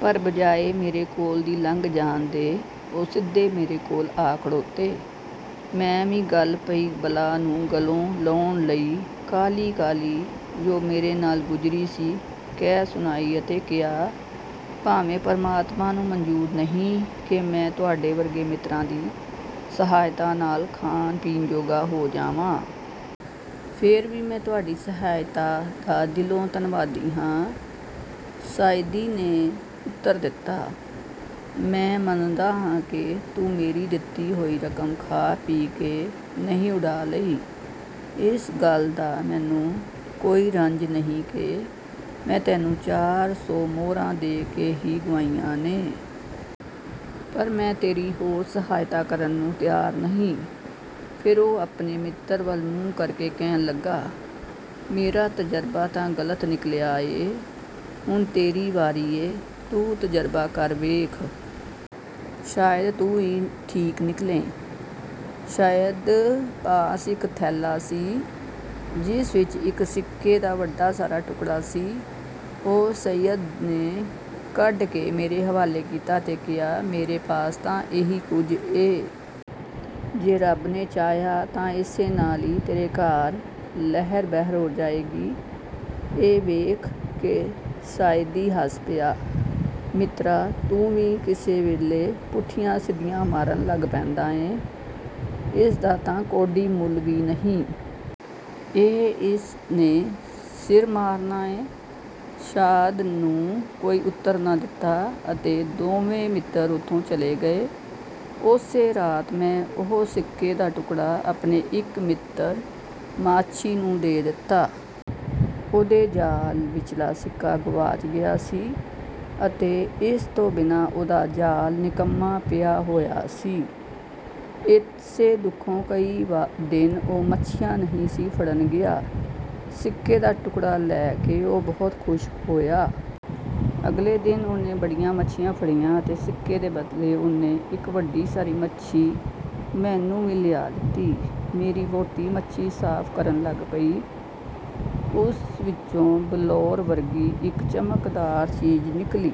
ਪਰ ਬਜਾਏ ਮੇਰੇ ਕੋਲ ਦੀ ਲੰਘ ਜਾਣ ਦੇ ਉਹ ਸਿੱਧੇ ਮੇਰੇ ਕੋਲ ਆ ਖੜੋਤੇ। ਮੈਂ ਵੀ ਗਲ ਪਈ ਬਲਾ ਨੂੰ ਗਲੋਂ ਲਾਹੁਣ ਲਈ ਕਾਹਲੀ ਕਾਹਲੀ ਜੋ ਮੇਰੇ ਨਾਲ ਗੁਜ਼ਰੀ ਸੀ ਕਹਿ ਸੁਣਾਈ ਅਤੇ ਕਿਹਾ, "ਭਾਵੇਂ ਪਰਮਾਤਮਾ ਨੂੰ ਮਨਜ਼ੂਰ ਨਹੀਂ ਕਿ ਮੈਂ ਤੁਹਾਡੇ ਵਰਗੇ ਮਿੱਤਰਾਂ ਦੀ ਸਹਾਇਤਾ ਨਾਲ ਖਾਣ ਪੀਣ ਜੋਗਾ ਹੋ ਜਾਵਾਂ। ਫੇਰ ਵੀ ਮੈਂ ਤੁਹਾਡੀ ਸਹਾਇਤਾ ਦਾ ਦਿਲੋਂ ਧੰਨਵਾਦੀ ਆਂ। " ਸਾਅਦੀ ਨੇ ਉੱਤਰ ਦਿੱਤਾ, "ਮੈਂ ਮੰਨਦਾ ਆਂ ਕਿ ਤੂੰ ਮੇਰੀ ਦਿੱਤੀ ਹੋਈ ਰਕਮ ਖਾ ਪੀ ਕੇ ਨਹੀਂ ਉਡਾ ਲਈ। ਇਸ ਗੱਲ ਦਾ ਮੈਨੂੰ ਕੋਈ ਰੰਜ ਨਹੀਂ ਕਿ ਮੈਂ ਤੈਨੂੰ ਚਾਰ ਸੌ ਮੁਹਰਾਂ ਦੇ ਕੇ ਈ ਗਵਾਈਆਂ ਨੇ। ਪਰ ਮੈਂ ਤੇਰੀ ਹੋਰ ਸਹਾਇਤਾ ਕਰਨ ਨੂੰ ਤਿਆਰ ਨਹੀਂ। " ਫੇਰ ਉਹ ਆਪਣੇ ਮਿੱਤਰ ਵਲ ਮੂੰਹ ਕਰ ਕੇ ਕਹਿਣ ਲਗਾ, "ਮੇਰਾ ਤਜ਼ਰਬਾ ਤਾਂ ਗ਼ਲਤ ਨਿਕਲਿਆ ਏ। ਹੁਣ ਤੇਰੀ ਵਾਰੀ ਏ! ਤੂੰ ਤਜਰਬਾ ਕਰ ਵੇਖ! ਸ਼ਾਇਦ ਤੂੰ ਈ ਠੀਕ ਨਿਕਲੇਂ। " ਸਾਅਦ ਪਾਸ ਇਕ ਥੈਲਾ ਸੀ ਜਿਸ ਵਿਚ ਇਕ ਸਿੱਕੇ ਦਾ ਵੱਡਾ ਸਾਰਾ ਟੁਕੜਾ ਸੀ। ਉਹ ਸਾਅਦ ਨੇ ਕੱਢ ਕੇ ਮੇਰੇ ਹਵਾਲੇ ਕੀਤਾ ਅਤੇ ਕਿਹਾ, "ਮੇਰੇ ਪਾਸ ਤਾਂ ਏਹੀ ਕੁਝ ਏ। ਜੇ ਰੱਬ ਨੇ ਚਾਹਿਆ ਤਾਂ ਇਸੇ ਨਾਲ ਈ ਤੇਰੇ ਘਰ ਲਹਿਰ ਬਹਿਰ ਹੋ ਜਾਏਗੀ। " ਇਹ ਵੇਖ ਕੇ ਸਾਅਦੀ ਹੱਸ ਪਿਆ, "ਮਿੱਤਰਾ! ਤੂੰ ਵੀ ਕਿਸੇ ਵੇਲੇ ਪੁੱਠੀਆਂ ਸਿੱਧੀਆਂ ਮਾਰਨ ਲੱਗ ਪੈਂਦਾ ਏਂ। ਇਸ ਦਾ ਤਾਂ ਕੌਡੀ ਮੁਲ ਵੀ ਨਹੀਂ। ਇਹ ਇਸ ਨੇ ਸਿਰ ਮਾਰਨਾਂ ਏ? " ਸਾਅਦ ਨੋ ਕੋਈ ਉੱਤਰ ਨਾ ਦਿਤਾ ਅਤੇ ਦੋਵੇਂ ਮਿੱਤਰ ਉਥੋਂ ਚਲੇ ਗਏ। ਉਸੇ ਰਾਤ ਮੈਂ ਉਹ ਸਿੱਕੇ ਦਾ ਟੁਕੜਾ ਆਪਣੇ ਇਕ ਮਿੱਤਰ ਮਾਛੀ ਨੂੰ ਦੇ ਦਿੱਤਾ। ਉਹਦੇ ਜਾਲ ਵਿਚਲਾ ਸਿੱਕਾ ਗਵਾਚ ਗਿਆ ਸੀ ਅਤੇ ਇਸ ਤੋਂ ਬਿਨਾਂ ਉਹਦਾ ਜਾਲ, ਨਿਕੰਮਾ ਪਿਆ ਹੋਇਆ ਸੀ। ਇਸੇ ਦੁਖੋਂ ਕਈ ਦਿਨ ਉਹ ਮੱਛੀਆਂ ਨਹੀਂ ਸੀ ਫੜਨ ਗਿਆ। ਸਿੱਕੇ ਦਾ ਟੁਕੜਾ ਲੈ ਕੇ ਉਹ ਬਹੁਤ ਖ਼ੁਸ਼ ਹੋਇਆ। ਅਗਲੇ ਦਿਨ ਉਹਨੇ ਬੜੀਆਂ ਮੱਛੀਆਂ ਫੜੀਆਂ ਅਤੇ ਸਿੱਕੇ ਦੇ ਬਦਲੇ ਉਹਨੇ ਇਕ ਵੱਡੀ ਸਾਰੀ ਮੱਛੀ ਮੈਨੂੰ ਵੀ ਲਿਆ ਦਿਤੀ। ਮੇਰੀ ਵਹੁਟੀ ਮੱਛੀ ਸਾਫ਼ ਕਰਨ ਲਗ ਪਈ। ਉਸ ਵਿਚੋਂ ਬਲੌਰ ਵਰਗੀ ਇਕ ਚਮਕਦਾਰ ਚੀਜ਼ ਨਿਕਲੀ।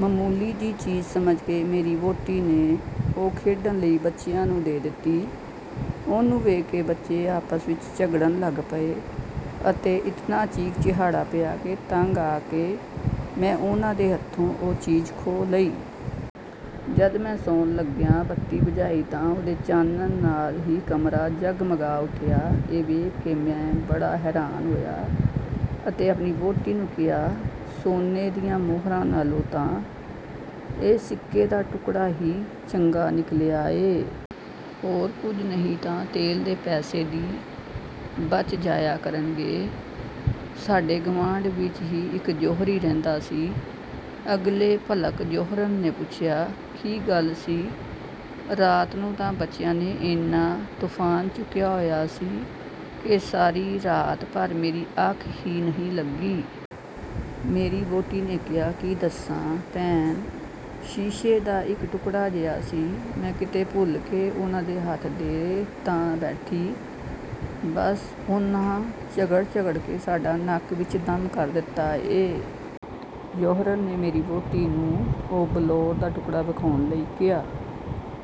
ਮਾਮੂਲੀ ਜਿਹੀ ਚੀਜ਼ ਸਮਝ ਕੇ ਮੇਰੀ ਵਹੁਟੀ ਨੇ ਉਹ ਖੇਡਣ ਲਈ ਬੱਚਿਆਂ ਨੂੰ ਦੇ ਦਿੱਤੀ। ਉਹਨੂੰ ਵੇਖ ਕੇ ਬੱਚੇ ਆਪਸ ਵਿਚ ਝਗੜਨ ਲੱਗ ਪਏ ਅਤੇ ਇਤਨਾ ਚੀਕ ਚਿਹਾੜਾ ਪਾਇਆ ਕਿ ਤੰਗ ਆ ਕੇ ਮੈਂ ਉਹਨਾਂ ਦੇ ਹੱਥੋਂ ਉਹ ਚੀਜ਼ ਖੋਹ ਲਈ। ਜਦ ਮੈਂ ਸੌਣ ਲਗਿਆਂ ਬੱਤੀ ਬੁਝਾਈ ਤਾਂ ਉਹਦੇ ਚਾਨਣ ਨਾਲ ਹੀ ਕਮਰਾ ਜਗਮਗਾ ਉਠਿਆ ਇਹ ਵੇਖ ਕੇ ਮੈਂ ਬੜਾ ਹੈਰਾਨ ਹੋਇਆ ਅਤੇ ਆਪਣੀ ਵਹੁਟੀ ਨੂੰ ਕਿਹਾ, "ਸੋਨੇ ਦੀਆਂ ਮੁਹਰਾਂ ਨਾਲੋਂ ਤਾਂ ਇਹ ਸਿੱਕੇ ਦਾ ਟੁਕੜਾ ਈ ਚੰਗਾ ਨਿਕਲਿਆ ਏ। ਹੋਰ ਕੁਝ ਨਹੀਂ ਤਾਂ ਤੇਲ ਦੇ ਪੈਸੇ ਦੀ ਬੱਚ ਜਾਇਆ ਕਰਨਗੇ। " ਸਾਡੇ ਗਵਾਂਢ ਵਿਚ ਹੀ ਇਕ ਜੌਹਰੀ ਰਹਿੰਦਾ ਸੀ। ਅਗਲੇ ਭਲਕ ਜੌਹਰਣ ਨੇ ਪੁੱਛਿਆ, "ਕੀ ਗੱਲ ਸੀ, ਰਾਤ ਨੂੰ ਤਾਂ ਬੱਚਿਆਂ ਨੇ ਐਨਾ ਤੁਫ਼ਾਨ ਚੁਕਿਆ ਹੋਇਆ ਸੀ ਕਿ ਸਾਰੀ ਰਾਤ ਭਰ ਮੇਰੀ ਅੱਖ ਈ ਨਹੀਂ ਲੱਗੀ। " ਮੇਰੀ ਵਹੁਟੀ ਨੇ ਕਿਹਾ, "ਕੀ ਦੱਸਾਂ, ਭੈਣ! ਸ਼ੀਸ਼ੇ ਦਾ ਇਕ ਟੁਕੜਾ ਜਿਹਾ ਸੀ। ਮੈਂ ਕਿਤੇ ਭੁਲ ਕੇ ਉਹਨਾਂ ਦੇ ਹੱਥ ਦੇ ਤਾਂ ਬੈਠੀ, ਬੱਸ ਉਹਨਾਂ ਝਗੜ ਝਗੜ ਕੇ ਸਾਡਾ ਨੱਕ ਵਿਚ ਦੱਮ ਕਰ ਦਿੱਤਾ ਏ। " ਜੌਹਰਣ ਨੇ ਮੇਰੀ ਵਹੁਟੀ ਨੂੰ ਉਹ ਬਲੌਰ ਦਾ ਟੁਕੜਾ ਵਿਖਾਉਣ ਲਈ ਕਿਹਾ।